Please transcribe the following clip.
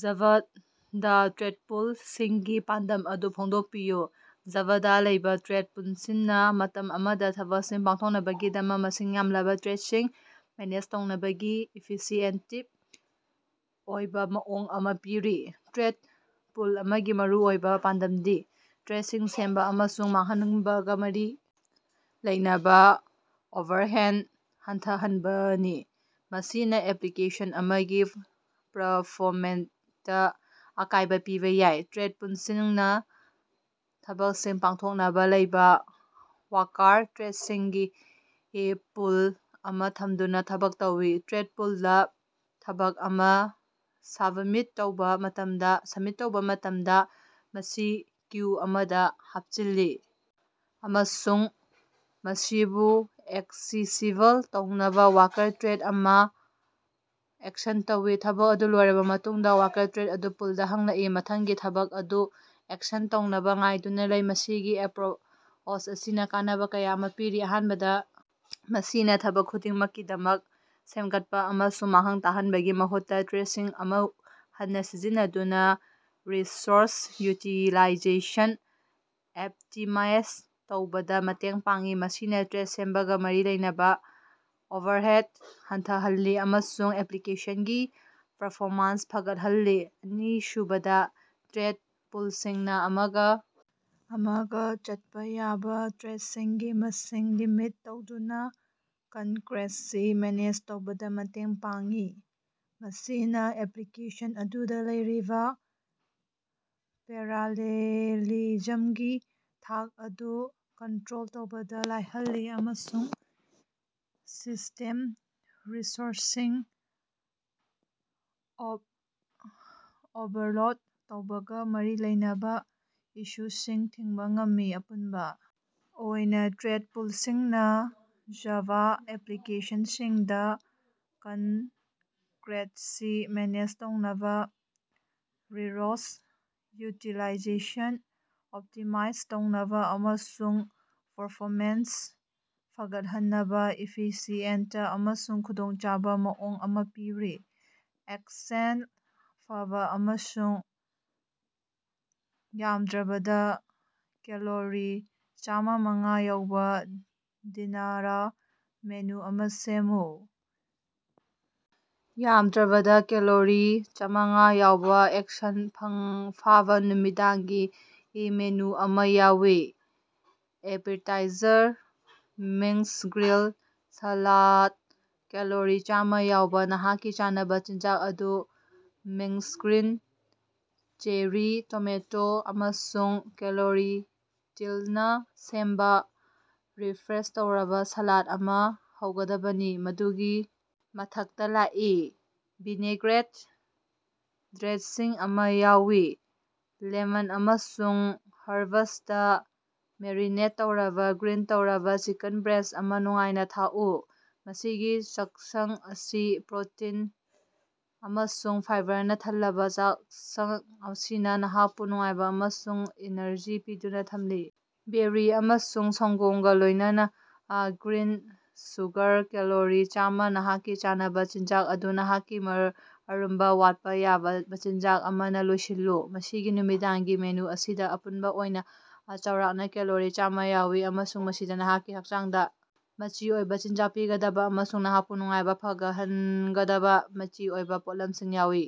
ꯖꯥꯚꯥꯗ ꯊ꯭ꯔꯦꯠꯄꯨꯜꯁꯤꯡꯒꯤ ꯄꯥꯟꯗꯝ ꯑꯗꯨ ꯐꯣꯡꯗꯣꯛꯄꯤꯌꯨ꯫ ꯖꯥꯚꯥꯗꯥ ꯂꯩꯕꯥ ꯊ꯭ꯔꯦꯠ ꯄꯨꯜꯁꯤꯡꯅꯥ ꯃꯇꯝ ꯑꯃꯗꯥ ꯊꯕꯛꯁꯤꯡ ꯄꯥꯡꯊꯣꯛꯅꯕꯒꯤꯗꯃꯛ ꯃꯁꯤꯡ ꯌꯥꯝꯂꯕꯥ ꯊ꯭ꯔꯦꯠꯁꯤꯡ ꯃꯦꯅꯦꯖ ꯇꯧꯅꯕꯒꯤ ꯏꯐꯤꯁꯤꯑꯦꯟꯇꯤꯕ ꯑꯣꯏꯕꯥ ꯃꯑꯣꯡ ꯑꯃꯥ ꯄꯤꯔꯤ꯫ ꯊ꯭ꯔꯦꯠ ꯄꯨꯜ ꯑꯃꯒꯤ ꯃꯔꯨꯑꯣꯏꯕꯥ ꯄꯥꯟꯗꯝꯗꯤ ꯊ꯭ꯔꯦꯠꯁꯤꯡ ꯁꯦꯝꯕꯥ ꯑꯃꯁꯨꯡ ꯃꯥꯡꯍꯟꯕꯒꯥ ꯃꯔꯤ ꯂꯩꯅꯕꯥ ꯑꯣꯚꯔꯍꯦꯟ ꯍꯟꯊꯍꯟꯕꯅꯤ, ꯃꯁꯤꯅꯥ ꯑꯦꯄ꯭ꯂꯤꯀꯦꯁꯟ ꯑꯃꯒꯤ ꯄ꯭ꯔꯐꯣꯃꯦꯟꯇꯥ ꯑꯀꯥꯏꯕꯥ ꯄꯤꯕꯥ ꯌꯥꯏ꯫ ꯊ꯭ꯔꯦꯠ ꯄꯨꯜꯁꯤꯡꯅꯥ ꯊꯕꯛꯁꯤꯡ ꯄꯥꯡꯊꯣꯛꯅꯕꯥ ꯂꯩꯕꯥ ꯋꯥꯔꯀꯔ ꯊ꯭ꯔꯦꯗꯁꯤꯡꯒꯤ ꯄꯨꯜ ꯑꯃꯥ ꯊꯝꯗꯨꯅꯥ ꯊꯕꯛ ꯇꯧꯏ꯫ ꯊ꯭ꯔꯦꯠ ꯄꯨꯜꯗꯥ ꯊꯕꯛ ꯑꯃꯥ ꯁꯕꯃꯤꯠ ꯇꯧꯕꯥ ꯃꯇꯝꯗꯥ, ꯃꯁꯤ ꯀ꯭ꯌꯨ ꯑꯃꯗꯥ ꯍꯥꯞꯆꯤꯜꯂꯤ ꯑꯃꯁꯨꯡ ꯃꯁꯤꯕꯨ ꯑꯦꯛꯁꯦꯁꯤꯕꯜ ꯇꯧꯅꯕꯥ ꯋꯥꯔꯀꯔ ꯊ꯭ꯔꯦꯠ ꯑꯃꯥ ꯑꯦꯁꯥꯏꯟ ꯇꯧꯏ꯫ ꯊꯕꯛ ꯑꯗꯨ ꯂꯣꯏꯔꯕꯥ ꯃꯇꯨꯡꯗꯥ, ꯋꯥꯔꯀꯔ ꯊ꯭ꯔꯦꯠ ꯑꯗꯨ ꯄꯨꯜꯗꯥ ꯍꯜꯂꯛꯏ, ꯃꯊꯪꯒꯤ ꯊꯕꯛ ꯑꯗꯨ ꯑꯦꯁꯥꯏꯟ ꯇꯧꯅꯕꯥ ꯉꯥꯏꯗꯨꯅꯥ ꯂꯩ꯫ ꯃꯁꯤꯒꯤ ꯑꯦꯄ꯭ꯔꯣꯆ ꯑꯁꯤꯅꯥ ꯀꯥꯟꯅꯕꯥ ꯀꯌꯥ ꯑꯃꯥ ꯄꯤꯔꯤ꯫ ꯑꯍꯥꯟꯕꯗꯥ, ꯃꯁꯤꯅꯥ ꯊꯕꯛ ꯈꯨꯗꯤꯡꯃꯛꯀꯤꯗꯃꯛ ꯁꯦꯝꯒꯠꯄꯥ ꯑꯃꯁꯨꯡ ꯃꯥꯡꯍꯟ ꯇꯥꯛꯍꯟꯕꯒꯤ ꯃꯍꯨꯠꯇꯥ, ꯊ꯭ꯔꯦꯠꯁꯤꯡ ꯑꯃꯨꯛ ꯍꯟꯅꯥ ꯁꯤꯖꯤꯟꯅꯗꯨꯅꯥ ꯔꯤꯁꯣꯔꯁ ꯌꯨꯇꯤꯂꯥꯏꯖꯦꯁꯟ ꯑꯦꯞꯇꯤꯃꯥꯏꯖ ꯇꯧꯕꯗꯥ ꯃꯇꯦꯡ ꯄꯥꯡꯏ꯫ ꯃꯁꯤꯅꯥ ꯊ꯭ꯔꯦꯠ ꯁꯦꯝꯕꯒꯥ ꯃꯔꯤ ꯂꯩꯅꯕꯥ ꯑꯣꯚꯔꯍꯦꯠ ꯍꯟꯊꯍꯜꯂꯤ ꯑꯃꯁꯨꯡ ꯑꯦꯄ꯭ꯂꯤꯀꯦꯁꯟꯒꯤ ꯄꯔꯐꯣꯃꯥꯟꯁ ꯐꯒꯠꯍꯜꯂꯤ꯫ ꯑꯅꯤꯁꯨꯕꯗꯥ, ꯊ꯭ꯔꯦꯠ ꯄꯨꯜꯁꯤꯡꯅꯥ ꯑꯃꯒꯥ ꯑꯃꯒꯥ ꯆꯠꯄꯥ ꯌꯥꯕꯥ ꯊ꯭ꯔꯦꯠꯁꯤꯡꯒꯤ ꯃꯁꯤꯡ ꯂꯤꯃꯤꯠ ꯇꯧꯗꯨꯅꯥ ꯀꯟꯀꯔꯦꯟꯁꯤ ꯃꯦꯅꯦꯖ ꯇꯧꯕꯗꯥ ꯃꯇꯦꯡ ꯄꯥꯡꯏ꯫ ꯃꯁꯤꯅꯥ ꯑꯦꯄ꯭ꯂꯤꯀꯦꯁꯟ ꯑꯗꯨꯗꯥ ꯂꯩꯔꯤꯕꯥ ꯄꯦꯔꯥꯂꯦꯂꯤꯖꯝꯒꯤ ꯊꯥꯛ ꯑꯗꯨ ꯀꯟꯇ꯭ꯔꯣꯜ ꯇꯧꯕꯗꯥ ꯂꯥꯏꯍꯜꯂꯤ ꯑꯃꯁꯨꯡ ꯁꯤꯁꯇꯦꯝ ꯔꯤꯁꯣꯔꯁꯁꯤꯡ ꯑꯣꯕ ꯑꯣꯚꯔꯂꯣꯗ ꯇꯧꯕꯒꯥ ꯃꯔꯤ ꯂꯩꯅꯕꯥ ꯏꯁꯨꯁꯤꯡ ꯊꯤꯡꯕꯥ ꯉꯝꯃꯤ꯫ ꯑꯄꯨꯟꯕꯥ ꯑꯣꯏꯅꯥ, ꯊ꯭ꯔꯦꯠ ꯄꯨꯜꯁꯤꯡꯅꯥ ꯖꯥꯚꯥ ꯑꯦꯄ꯭ꯂꯤꯀꯦꯁꯟꯁꯤꯡꯗꯥ ꯀꯟꯀꯔꯦꯠꯁꯤ ꯃꯦꯅꯦꯖ ꯇꯧꯅꯕꯥ, ꯔꯤꯔꯣꯁ ꯌꯨꯇꯤꯂꯥꯏꯖꯦꯁꯟ ꯑꯣꯞꯇꯤꯃꯥꯏꯖ ꯇꯧꯅꯕꯥ ꯑꯃꯁꯨꯡ ꯄꯔꯐꯣꯃꯦꯟꯁ ꯐꯒꯠꯍꯟꯅꯕꯥ ꯏꯐꯤꯁꯤꯑꯦꯟꯇ ꯑꯃꯁꯨꯡ ꯈꯨꯗꯣꯡꯆꯥꯕꯥ ꯃꯑꯣꯡ ꯑꯃꯥ ꯄꯤꯔꯤ꯫ ꯑꯦꯛꯁꯦꯜ ꯐꯕꯥ ꯑꯃꯁꯨꯡ ꯌꯥꯝꯗ꯭ꯔꯕꯗꯥ ꯀꯦꯂꯣꯔꯤ ꯆꯥꯝꯃꯉꯥ ꯌꯥꯎꯕꯥ ꯗꯤꯅꯥꯔ ꯃꯦꯅꯨ ꯑꯃꯥ ꯁꯦꯝꯃꯨ꯫ ꯃꯈꯥꯗꯥ ꯌꯥꯝꯗ꯭ꯔꯕꯗꯥ ꯀꯦꯂꯣꯔꯤ ꯆꯥꯝꯃꯉꯥ ꯌꯥꯎꯕꯥ ꯑꯦꯛꯁꯦꯜ ꯐꯪ ꯐꯕꯥ ꯅꯨꯃꯤꯗꯥꯡꯒꯤ ꯃꯦꯅꯨ ꯑꯃꯥ ꯌꯥꯎꯏ꯫ ꯑꯦꯕꯤꯇꯥꯏꯖꯔ: ꯃꯤꯡꯁ ꯒ꯭ꯔꯤꯟ ꯁꯥꯂꯥꯗ ꯀꯦꯂꯣꯔꯤ ꯆꯥꯝꯃꯥ ꯌꯥꯎꯕꯥ, ꯅꯍꯥꯛꯀꯤ ꯆꯥꯅꯕꯥ ꯆꯤꯟꯖꯥꯛ ꯑꯗꯨ ꯃꯤꯡꯁ ꯒ꯭ꯔꯤꯟ, ꯆꯦꯔꯤ ꯇꯣꯃꯦꯇꯣ ꯑꯃꯁꯨꯡ ꯀꯦꯂꯣꯔꯤꯇꯤꯟꯅꯥ ꯁꯦꯝꯕꯥ ꯔꯤꯐ꯭ꯔꯦꯁ ꯇꯧꯔꯕꯥ ꯁꯥꯂꯥꯠ ꯑꯃꯅꯥ ꯍꯧꯒꯗꯕꯅꯤ, ꯃꯗꯨꯒꯤ ꯃꯊꯛꯇꯥ ꯂꯥꯛꯏ ꯚꯤꯅꯦꯒ꯭ꯔꯦꯠ ꯗ꯭ꯔꯦꯁꯤꯡ ꯑꯃꯥ ꯌꯥꯎꯏ꯫ ꯂꯦꯃꯟ ꯑꯃꯁꯨꯡ ꯍꯔꯕꯁꯇꯥ ꯃꯦꯔꯤꯅꯦꯠ ꯇꯧꯔꯕꯥ ꯒ꯭ꯔꯤꯜ ꯇꯧꯔꯕꯥ ꯆꯤꯀꯟ ꯕ꯭ꯔꯦꯁ ꯑꯃꯥ ꯅꯨꯡꯉꯥꯏꯅꯥ ꯊꯛꯎ꯫ ꯃꯁꯤꯒꯤ ꯆꯥꯛꯁꯪ ꯑꯁꯤ ꯄ꯭ꯔꯣꯇꯤꯟ ꯑꯃꯁꯨꯡ ꯐꯥꯏꯕꯔꯅꯥ ꯊꯜꯂꯕꯥ ꯆꯥꯛꯁꯪ ꯑꯁꯤꯅꯥ ꯅꯍꯥꯛꯄꯨ ꯅꯨꯡꯉꯥꯏꯕꯥ ꯑꯃꯁꯨꯡ ꯏꯅꯔꯖꯤ ꯄꯤꯗꯨꯅꯥ ꯊꯝꯂꯤ꯫ ꯕꯦꯔꯤ ꯑꯃꯁꯨꯡ ꯁꯪꯒꯣꯝꯒꯥ ꯂꯣꯏꯅꯅꯥ ꯑꯥ ꯒ꯭ꯔꯤꯟ ꯌꯣꯒꯔ ꯀꯦꯂꯣꯔꯤ ꯆꯥꯝꯃꯥ ꯅꯍꯥꯛꯀꯤ ꯆꯥꯅꯕꯥ ꯆꯤꯟꯖꯥꯛ ꯑꯗꯨ ꯅꯍꯥꯛꯀꯤ ꯑꯔꯨꯝꯕꯥ ꯋꯥꯠꯄꯥ ꯌꯥꯕꯥ ꯃꯆꯤꯟꯖꯥꯛ ꯑꯃꯅꯥ ꯂꯣꯏꯁꯤꯜꯂꯨ꯫ ꯃꯁꯤꯒꯤ ꯅꯨꯃꯤꯗꯥꯡꯒꯤ ꯃꯦꯅꯨ ꯑꯁꯤꯗꯥ ꯑꯄꯨꯟꯕꯥ ꯑꯣꯏꯅꯥ ꯆꯥꯎꯔꯥꯛꯅꯥ ꯀꯦꯂꯣꯔꯤ ꯆꯥꯝꯃꯥ ꯌꯥꯎꯏ ꯑꯃꯁꯨꯡ ꯃꯁꯤꯗꯥ ꯅꯍꯥꯛꯀꯤ ꯍꯛꯆꯥꯡꯗꯥ ꯃꯆꯤ ꯑꯣꯏꯕꯥ ꯆꯤꯟꯖꯥꯛ ꯄꯤꯒꯗꯕꯥ ꯑꯃꯁꯨꯡ ꯅꯍꯥꯛꯄꯨ ꯅꯨꯡꯉꯥꯏꯕꯥ ꯐꯥꯎꯍꯟꯒꯗꯕꯥ ꯃꯆꯤ ꯑꯣꯏꯕꯥ ꯄꯣꯠꯂꯝꯁꯤꯡ ꯌꯥꯎꯏ꯫